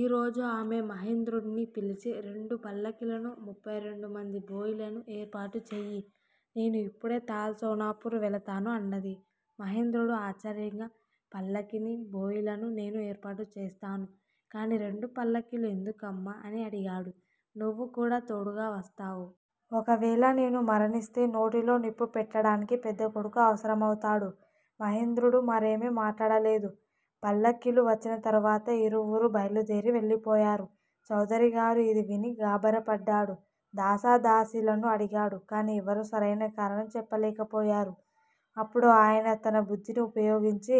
ఈ రోజు ఆమె మహేంద్రుణ్ని పిలిచి రెండు పల్లకీలనూ, ముప్పై రెండు మంది బోయిలనూ ఏర్పాటు చెయ్యి. నేను ఇప్పుడే తాల్ సోనాపుర్ వెళతాను అన్నది. మహేంద్రుడు ఆశ్చర్యంగా పల్లకీని, బోయిలనూ నేను ఏర్పాటు చేస్తాను. కాని రెండు పల్లకీలు ఎందుకమ్మా? అని అడిగాడు. నువ్వు కూడా తోడుగా వస్తావు! ఒకవేళ నేను మరణిస్తే నోటిలో నిప్పు పెట్టడానికి పెద్దకొడుకు అవసరమవుతాడు. మహేంద్రుడు మరేమీ మాట్లాడలేదు. పల్లకీలు వచ్చిన తరువాత ఇరువురూ బయలుదేరి వెళ్ళిపోయారు. చౌదరిగారు ఇది విని గాభరాపడ్డాడు. దాస దాసీలను అడిగాడు. కాని ఎవరూ సరైన కారణం చెప్పలేకపోయారు. అప్పుడు ఆయన తన బుద్ధిని ఉపయోగించి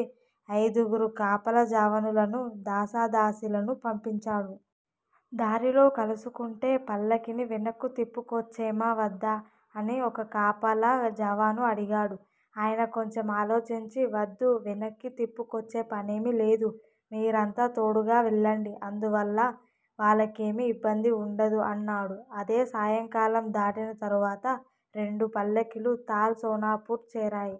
అయిదుగురు కాపలా జవానులనూ, దాసదాసీలనూ పంపించాడు. దారిలో కలుసుకుంటే పల్లకీని వెనక్కు తిప్పుకొచ్చేమా వద్దా? అని ఒక కాపలా జవాను అడిగాడు. ఆయన కొంచెం ఆలోచించి వద్దు, వెనక్కితిప్పుకొచ్చే పనేమీ లేదు. మీరంతా తోడుగా వెళ్ళండి. అందువల్ల వాళ్ళకేమీ ఇబ్బంది వుండదు అన్నాడు. అదే సాయంకాలం దాటిన తరువాత రెండు పల్లకీలూ తాల్ సోనాపుర్ చేరాయి.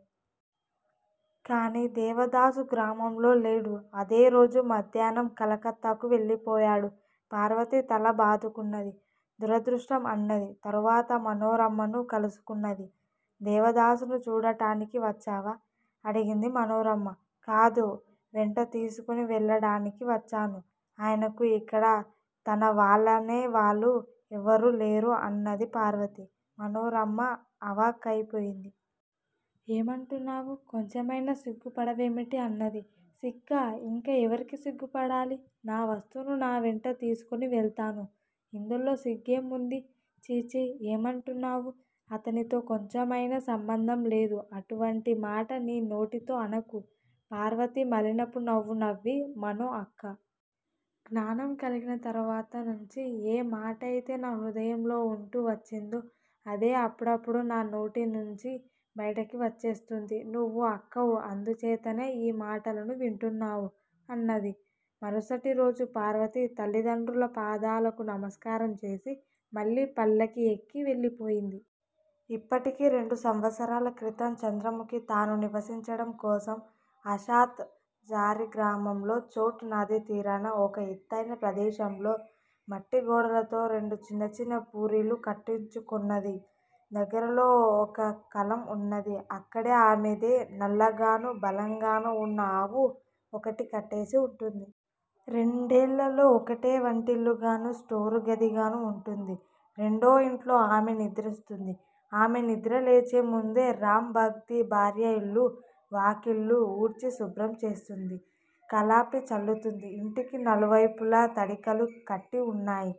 కాని దేవదాసు గ్రామంలోలేడు. అదేరోజు మధ్యాహ్నం కలకత్తాకు వెళ్ళిపోయాడు. పార్వతి తల బాదుకున్నది_ దురదృష్టం! అన్నది. తరువాత మనోరమను కలుసుకున్నది. దేవదాసును చూడటానికి వచ్చావా? అడిగింది మనోరమ. కాదు, వెంటతీసుకొని వెళ్ళడానికి వచ్చాను. ఆయనకు ఇక్కడ తనవాళ్ళనేవాళ్ళు ఎవరూ లేరు అన్నది పార్వతి. మనోరమ అవాక్కయిపోయింది. ఏమంటున్నావు? కొంచెమైనా సిగ్గుపడవేమిటీ అన్నది. సిగ్గా, ఇంకా ఎవరికి సిగ్గుపడాలి? నా వస్తువు నా వెంట తీసికొని వెళ్తాను. ఇందులో సిగ్గేముంది? ఛీ! ఛీ! ఏమంటున్నావు? అతనితో కొంచెమైనా సంబంధం లేదు_అటువంటి మాట నీ నోటితో అనకు. పార్వతి మలినపు నవ్వు నవ్వి మనో అక్కా! జ్ఞానం కలిగిన తరువాత నుంచి ఏ మాటయితే నా హృదయంలో ఉంటూ వచ్చిందో అదే అప్పుడప్పుడు నా నోటినుంచి బయటికి వచ్చేస్తుంది. నువ్వు అక్కవు, అందుచేతనే ఈ మాటలను వింటున్నావు అన్నది. మరుసటిరోజు పార్వతి తల్లిదండ్రుల పాదాలకు నమస్కారం చేసి మళ్ళీ పల్లకీ యెక్కి వెళ్ళిపోయింది. ఇప్పటికి రెండు సంవత్సరాల క్రితం చంద్రముఖి తాను నివసించడం కోసం ఆశథ్ ఝారీ గ్రామంలో ఛోట్ నదీతీరాన ఒక ఎత్తయిన ప్రదేశంలో మట్టిగోడలతో రెండు చిన్న చిన్న పూరిళ్ళు కట్టించుకొన్నది. దగ్గరలో ఒక కళ్ళం వున్నది. అక్కడే ఆమెదే నల్ల గానూ, బలంగానూ ఉన్న ఆవు ఒకటి కట్టేసి వుంటుంది. రెండళ్ళల్లో, ఒకటే వంటిల్లుగానూ స్టోరు గదిగానూ వుంటుంది. రెండో ఇంట్లో ఆమె నిద్రిస్తుంది. ఆమె నిద్రలేచేముందే రామ్ బాగ్దీ భార్య ఇళ్లూ, వాకిళ్లూ ఊడ్చి శుభ్రం చేస్తుంది. కళ్ళాపి చల్లుతుంది. ఇంటికి నలువైపులా తడికలు కట్టి వున్నాయి.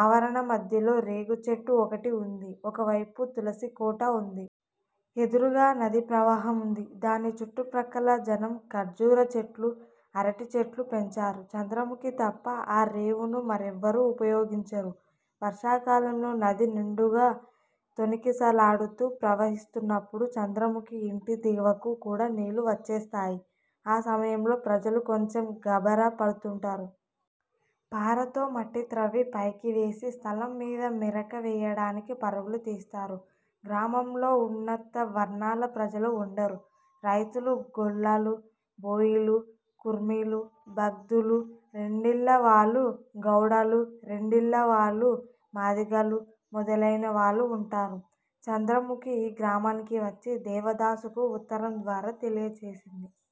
ఆవరణ మధ్యలో రేగుచెట్టు ఒకటి వుంది. ఒకవైపు తులసికోట వుంది. ఎదురుగా నదీ ప్రవాహం వుంది. దాని చుట్టుప్రక్కల జనం ఖర్జూర చెట్లు, అరటి చెట్లు పెంచారు. చంద్రముఖి తప్ప ఆ రేవును మరెవ్వరూ ఉపయోగించరు. వర్షాకాలంలో నది నిండుగా తొణికిసలాడుతూ ప్రవహిస్తున్నప్పుడు చంద్రముఖి ఇంటి దిగువకు కూడా నీళ్ళు వచ్చేస్తాయి. ఆ సమయంలో ప్రజలు కొంచెం గాభరా పడుతుంటారు. పారతో మట్టిత్రవ్వి పైకి వేసి స్థలంమీద మెరక వేయడానికి పరుగులు తీస్తారు. గ్రామంలో ఉన్నత వర్ణాల ప్రజలు వుండరు. రైతులు, గొల్లలు, బోయీలు, కుర్మీలూ, బాగ్దీలూ, రెండిళ్ళవాళ్ళు గౌడలూ, రెండిళ్ళవాళ్ళు మాదిగలూ మొదలైన వాళ్ళు వుంటారు. చంద్రముఖి ఈ గ్రామానికి వచ్చి దేవదాసుకు ఉత్తరం ద్వారా తెలియజేసింది.